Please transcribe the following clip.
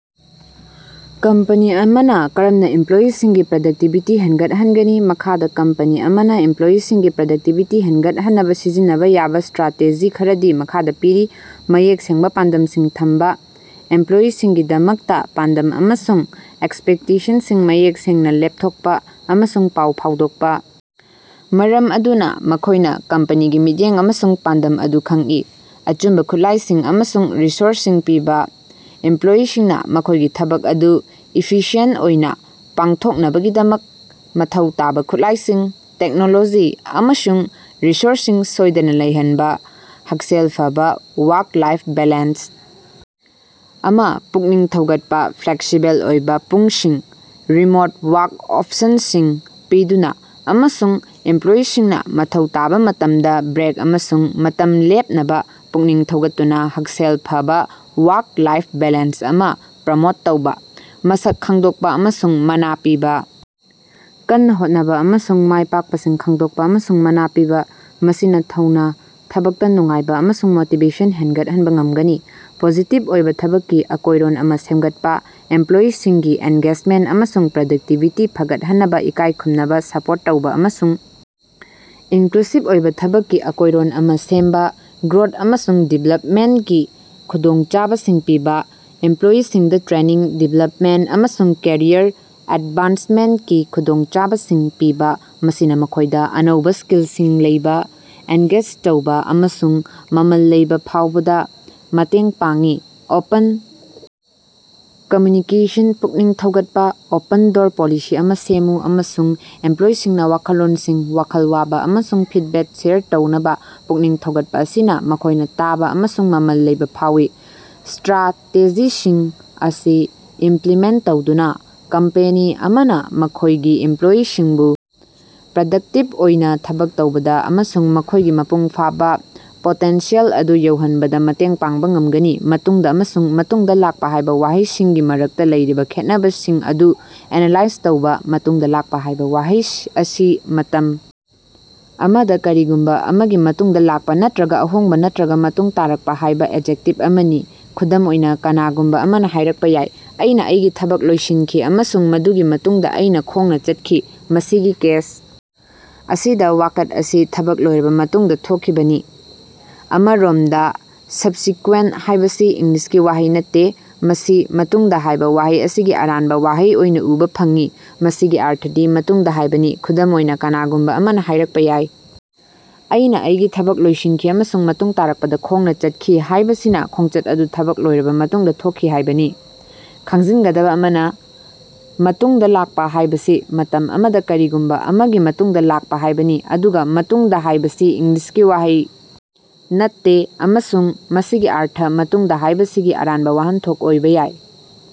" Company ꯑꯃꯅ ꯀꯔꯝꯅ ꯏꯝꯄ꯭ꯂꯣꯌꯤꯁꯤꯡꯒꯤ ꯄ꯭ꯔꯗꯛꯇꯤꯚꯤꯇꯤ ꯍꯦꯟꯒꯠꯍꯟꯒꯅꯤ? ꯃꯈꯥꯗ ꯀꯝꯄꯅꯤ ꯑꯃꯅ ꯏꯝꯄ꯭ꯂꯣꯌꯤꯁꯤꯡꯒꯤ ꯄ꯭ꯔꯗꯛꯇꯤꯚꯤꯇꯤ ꯍꯦꯟꯒꯠꯍꯟꯅꯕ ꯁꯤꯖꯤꯟꯅꯕ ꯌꯥꯕ ꯁ꯭ꯇꯔꯥꯇꯦꯖꯤ ꯈꯔꯗꯤ ꯃꯈꯥꯗ ꯄꯤꯔꯤ: ꯃꯌꯦꯛ ꯁꯦꯡꯕ ꯄꯥꯟꯗꯝꯁꯤꯡ ꯊꯝꯕ- ꯏꯝꯄ꯭ꯂꯣꯌꯤꯁꯤꯡꯒꯤꯗꯃꯛꯇ ꯄꯥꯟꯗꯝ ꯑꯃꯁꯨꯡ ꯑꯦꯛꯁꯄꯦꯛꯇꯦꯁꯟꯁꯤꯡ ꯃꯌꯦꯛ ꯁꯦꯡꯅ ꯂꯦꯞꯊꯣꯛꯄ ꯑꯃꯁꯨꯡ ꯄꯥꯎ ꯐꯥꯎꯗꯣꯛꯄ ꯃꯔꯝ ꯑꯗꯨꯅ ꯃꯈꯣꯏꯅ ꯀꯝꯄꯅꯤꯒꯤ ꯃꯤꯠꯌꯦꯡ ꯑꯃꯁꯨꯡ ꯄꯥꯟꯗꯝ ꯑꯗꯨ ꯈꯪꯏ꯫ ꯑꯆꯨꯝꯕ ꯈꯨꯠꯂꯥꯏꯁꯤꯡ ꯑꯃꯁꯨꯡ ꯔꯤꯁꯣꯔꯁꯁꯤꯡ ꯄꯤꯕ- ꯏꯝꯄ꯭ꯂꯣꯌꯤꯁꯤꯡꯅ ꯃꯈꯣꯏꯒꯤ ꯊꯕꯛ ꯑꯗꯨ ꯏꯐꯤꯁꯤꯑꯦꯟꯇ ꯑꯣꯏꯅ ꯄꯥꯡꯊꯣꯛꯅꯕꯒꯤꯗꯃꯛ ꯃꯊꯧ ꯇꯥꯕ ꯈꯨꯠꯂꯥꯏꯁꯤꯡ, ꯇꯦꯛꯅꯣꯂꯣꯖꯤ ꯑꯃꯁꯨꯡ ꯔꯤꯁꯣꯔꯁꯁꯤꯡ ꯁꯣꯏꯗꯅ ꯂꯩꯍꯟꯕ꯫ ꯍꯛꯁꯦꯜ ꯐꯕ ꯋꯥꯔꯛ-ꯂꯥꯏꯐ ꯕꯦꯂꯦꯟꯁ ꯑꯃ ꯄꯨꯛꯅꯤꯡ ꯊꯧꯒꯠꯄ- ꯐ꯭ꯂꯦꯛꯁꯤꯕꯜ ꯑꯣꯏꯕ ꯄꯨꯡꯁꯤꯡ, ꯔꯤꯃꯣꯠ ꯋꯥꯔꯛ ꯑꯣꯞꯁꯟꯁꯤꯡ ꯄꯤꯗꯨꯅ, ꯑꯃꯁꯨꯡ ꯏꯝꯄ꯭ꯂꯣꯌꯤꯁꯤꯡꯅ ꯃꯊꯧ ꯇꯥꯕ ꯃꯇꯝꯗ ꯕ꯭ꯔꯦꯛ ꯑꯃꯁꯨꯡ ꯃꯇꯝ ꯂꯦꯞꯅꯕ ꯄꯨꯛꯅꯤꯡ ꯊꯧꯒꯠꯇꯨꯅ ꯍꯛꯁꯦꯜ ꯐꯕ ꯋꯥꯔꯛ-ꯂꯥꯏꯐ ꯕꯦꯂꯦꯟꯁ ꯑꯃ ꯄ꯭ꯔꯣꯃꯣꯠ ꯇꯧꯕ꯫ ꯃꯁꯛ ꯈꯪꯗꯣꯛꯄ ꯑꯃꯁꯨꯡ ꯃꯅꯥ ꯄꯤꯕ- ꯀꯟꯅ ꯍꯣꯠꯅꯕ ꯑꯃꯁꯨꯡ ꯃꯥꯏ ꯄꯥꯛꯄꯁꯤꯡ ꯈꯪꯗꯣꯛꯄ ꯑꯃꯁꯨꯡ ꯃꯅꯥ ꯄꯤꯕ ꯃꯁꯤꯅ ꯊꯧꯅ, ꯊꯕꯛꯇ ꯅꯨꯡꯉꯥꯏꯕ ꯑꯃꯁꯨꯡ ꯃꯣꯇꯤꯚꯦꯁꯟ ꯍꯦꯉꯠꯍꯟꯕ ꯉꯝꯒꯅꯤ꯫ ꯄꯣꯖꯤꯇꯤꯚ ꯑꯣꯏꯕ ꯊꯕꯛꯀꯤ ꯑꯀꯣꯌꯔꯣꯟ ꯑꯃꯥ ꯁꯦꯃꯒꯠꯄ- ꯏꯝꯄ꯭ꯂꯣꯌꯤꯁꯤꯡꯒꯤ ꯑꯦꯟꯒꯦꯗꯖꯃꯦꯟꯇ ꯑꯃꯁꯨꯡ ꯄ꯭ꯔꯗꯛꯇꯤꯚꯤꯇꯤ ꯐꯒꯠꯍꯟꯅꯕ ꯏꯀꯥꯏ ꯈꯨꯝꯅꯕ, ꯁꯄꯣꯔꯠ ꯇꯧꯕ ꯑꯃꯁꯨꯡ ꯏꯟꯀ꯭ꯂꯨꯁꯤꯚ ꯑꯣꯏꯕ ꯊꯕꯛꯀꯤ ꯑꯀꯣꯌꯔꯣꯟ ꯑꯃ ꯁꯦꯝꯕ꯫ ꯒ꯭ꯔꯣꯊ ꯑꯃꯁꯨꯡ ꯗꯤꯚꯦꯂꯞꯃꯦꯟꯇꯒꯤ ꯈꯨꯗꯣꯡꯆꯥꯕꯁꯤꯡ ꯄꯤꯕ- ꯏꯝꯄ꯭ꯂꯣꯌꯤꯁꯤꯡꯗ ꯇ꯭ꯔꯦꯅꯤꯡ, ꯗꯤꯚꯦꯂꯞꯃꯦꯟꯇ, ꯑꯃꯁꯨꯡ ꯀꯦꯔꯤꯌꯔ ꯑꯦꯗꯚꯥꯟꯁꯃꯦꯟꯇꯀꯤ ꯈꯨꯗꯣꯡꯆꯥꯕꯁꯤꯡ ꯄꯤꯕ ꯃꯁꯤꯅ ꯃꯈꯣꯏꯗ ꯑꯅꯧꯕ ꯁ꯭ꯀꯤꯜꯁꯤꯡ ꯂꯧꯕ, ꯑꯦꯟꯒꯦꯖ ꯇꯧꯕ ꯑꯃꯁꯨꯡ ꯃꯃꯜ ꯂꯩꯕ ꯐꯥꯎꯕꯗ ꯃꯇꯦꯡ ꯄꯥꯡꯉꯤ꯫ ꯑꯣꯄꯟ ꯀꯝꯃ꯭ꯌꯨꯅꯤꯀꯦꯁꯟ ꯄꯨꯛꯅꯤꯡ ꯊꯧꯒꯠꯄ- ꯑꯣꯄꯟ-ꯗꯣꯔ ꯄꯣꯂꯤꯁꯤ ꯑꯃ ꯁꯦꯝꯃꯨ ꯑꯃꯁꯨꯡ ꯏꯝꯄ꯭ꯂꯣꯌꯤꯁꯤꯡꯅ ꯋꯥꯈꯜꯂꯣꯟꯁꯤꯡ, ꯋꯥꯈꯜ ꯋꯥꯕ ꯑꯃꯁꯨꯡ ꯐꯤꯗꯕꯦꯛ ꯁꯦꯌꯔ ꯇꯧꯅꯕ ꯄꯨꯛꯅꯤꯡ ꯊꯧꯒꯠꯄ ꯑꯁꯤꯅ ꯃꯈꯣꯏꯅ ꯇꯥꯕ ꯑꯃꯁꯨꯡ ꯃꯃꯜ ꯂꯩꯕ ꯐꯥꯎꯋꯤ꯫ ꯁ꯭ꯇꯔꯥꯇꯦꯖꯤꯁꯤꯡ ꯑꯁꯤ ꯏꯝꯄ꯭ꯂꯤꯃꯦꯟꯇ ꯇꯧꯗꯨꯅ ꯀꯝꯄꯦꯅꯤ ꯑꯃꯅ ꯃꯈꯣꯏꯒꯤ ꯏꯝꯄ꯭ꯂꯣꯌꯤꯁꯤꯡꯕꯨ ꯄ꯭ꯔꯗꯛꯇꯤꯚ ꯑꯣꯏꯅ ꯊꯕꯛ ꯇꯧꯕꯗ ꯑꯃꯁꯨꯡ ꯃꯈꯣꯏꯒꯤ ꯃꯄꯨꯡ ꯐꯥꯕ ꯄꯣꯇꯦꯟꯁꯤꯌꯦꯜ ꯑꯗꯨ ꯌꯧꯍꯟꯕꯗ ꯃꯇꯦꯡ ꯄꯥꯡꯕ ꯉꯝꯒꯅꯤ꯫ 'ꯃꯇꯨꯡꯗ' ꯑꯃꯁꯨꯡ 'ꯃꯇꯨꯡꯗ ꯂꯥꯛꯄ ꯍꯥꯏꯕ ꯋꯥꯍꯩꯁꯤꯡꯒꯤ ꯃꯔꯛꯇ ꯂꯩꯔꯤꯕ ꯈꯦꯠꯅꯕꯁꯤꯡ ꯑꯗꯨ ꯑꯦꯅꯂꯥꯏꯖ ꯇꯧꯕ- "ꯃꯇꯨꯡꯗ ꯂꯥꯛꯄ "" ꯍꯥꯏꯕ ꯋꯥꯍꯩ ꯑꯁꯤ ""ꯃꯇꯝ ꯑꯃꯗ ꯀꯔꯤꯒꯨꯝꯕ ꯑꯃꯒꯤ ꯃꯇꯨꯡꯗ ꯂꯥꯛꯄ " ꯅꯠꯇ꯭ꯔꯒ ""ꯑꯍꯣꯡꯕ ꯅꯠꯇ꯭ꯔꯒ ꯃꯇꯨꯡ ꯇꯥꯔꯛꯄ "" ꯍꯥꯏꯕ ꯑꯦꯗꯖꯦꯛꯇꯤꯚ ꯑꯃꯅꯤ꯫ ꯈꯨꯗꯝ ꯑꯣꯏꯅ, ꯀꯅꯥꯒꯨꯝꯕ ꯑꯃꯅ ꯍꯥꯏꯔꯛꯄ ꯌꯥꯏ, ""ꯑꯩꯅ ꯑꯩꯒꯤ ꯊꯕꯛ ꯂꯣꯏꯁꯤꯟꯈꯤ ꯑꯃꯁꯨꯡ ꯃꯗꯨꯒꯤ ꯃꯇꯨꯡꯗ ꯑꯩꯅ ꯈꯣꯡꯅ ꯆꯠꯈꯤ"" ꯃꯁꯤꯒꯤ ꯀꯦꯁ ꯑꯁꯤꯗ ꯋꯥꯀꯠ ꯑꯁꯤ ꯊꯕꯛ ꯂꯣꯏꯔꯕ ꯃꯇꯨꯡꯗ ꯊꯣꯛꯈꯤꯕꯅꯤ꯫ ꯑꯃꯔꯣꯝꯗ "ꯁꯕꯁꯤꯀꯨꯋꯦꯟꯇ"" ꯍꯥꯏꯕꯁꯤ ꯏꯪꯂꯤꯁꯀꯤ ꯋꯥꯍꯩ ꯅꯠꯇꯦ꯫ ꯃꯁꯤ "ꯃꯇꯨꯡꯗ" ꯍꯥꯏꯕ ꯋꯥꯍꯩ ꯑꯁꯤꯒꯤ ꯑꯔꯥꯟꯕ ꯋꯥꯍꯩ ꯑꯣꯏꯅ ꯎꯕ ꯐꯪꯉꯤ꯫ ꯃꯁꯤꯒꯤ ꯑꯔꯊꯗꯤ "ꯃꯇꯨꯡꯗ" ꯍꯥꯏꯕꯅꯤ꯫ ꯈꯨꯗꯝ ꯑꯣꯏꯅ, ꯀꯅꯥꯒꯨꯝꯕ ꯑꯃꯅ ꯍꯥꯏꯔꯛꯄ ꯌꯥꯏ, "ꯑꯩꯅ ꯑꯩꯒꯤ ꯊꯕꯛ ꯂꯣꯏꯁꯤꯟꯈꯤ ꯑꯃꯁꯨꯡ ꯃꯇꯨꯡ ꯇꯥꯔꯛꯄꯗ ꯈꯣꯡꯅ ꯆꯠꯈꯤ"ꯍꯥꯏꯕꯁꯤꯅ ꯈꯣꯡꯆꯠ ꯑꯗꯨ ꯊꯕꯛ ꯂꯣꯏꯔꯕ ꯃꯇꯨꯡꯗ ꯊꯣꯛꯈꯤ ꯍꯥꯏꯕꯅꯤ꯫ ꯈꯪꯖꯤꯟꯒꯗꯕ ꯑꯃꯅ, "ꯃꯇꯨꯡꯗ ꯂꯥꯛꯄ"" ꯍꯥꯏꯕꯁꯤ ""ꯃꯇꯝ ꯑꯃꯗ ꯀꯔꯤꯒꯨꯝꯕ ꯑꯃꯒꯤ ꯃꯇꯨꯡꯗ ꯂꯥꯛꯄ"" ꯍꯥꯏꯕꯅꯤ, ꯑꯗꯨꯒ "ꯃꯇꯨꯡꯗ" ꯍꯥꯏꯕꯁꯤ ꯏꯪꯂꯤꯁꯀꯤ ꯋꯥꯍꯩ ꯅꯠꯇꯦ ꯑꯃꯁꯨꯡ ꯃꯁꯤꯒꯤ ꯑꯔꯊ ""ꯃꯇꯨꯡꯗ"" ꯍꯥꯏꯕꯁꯤꯒꯤ ꯑꯔꯥꯟꯕ ꯋꯥꯍꯟꯊꯣꯛ ꯑꯣꯏꯕ ꯌꯥꯏ꯫"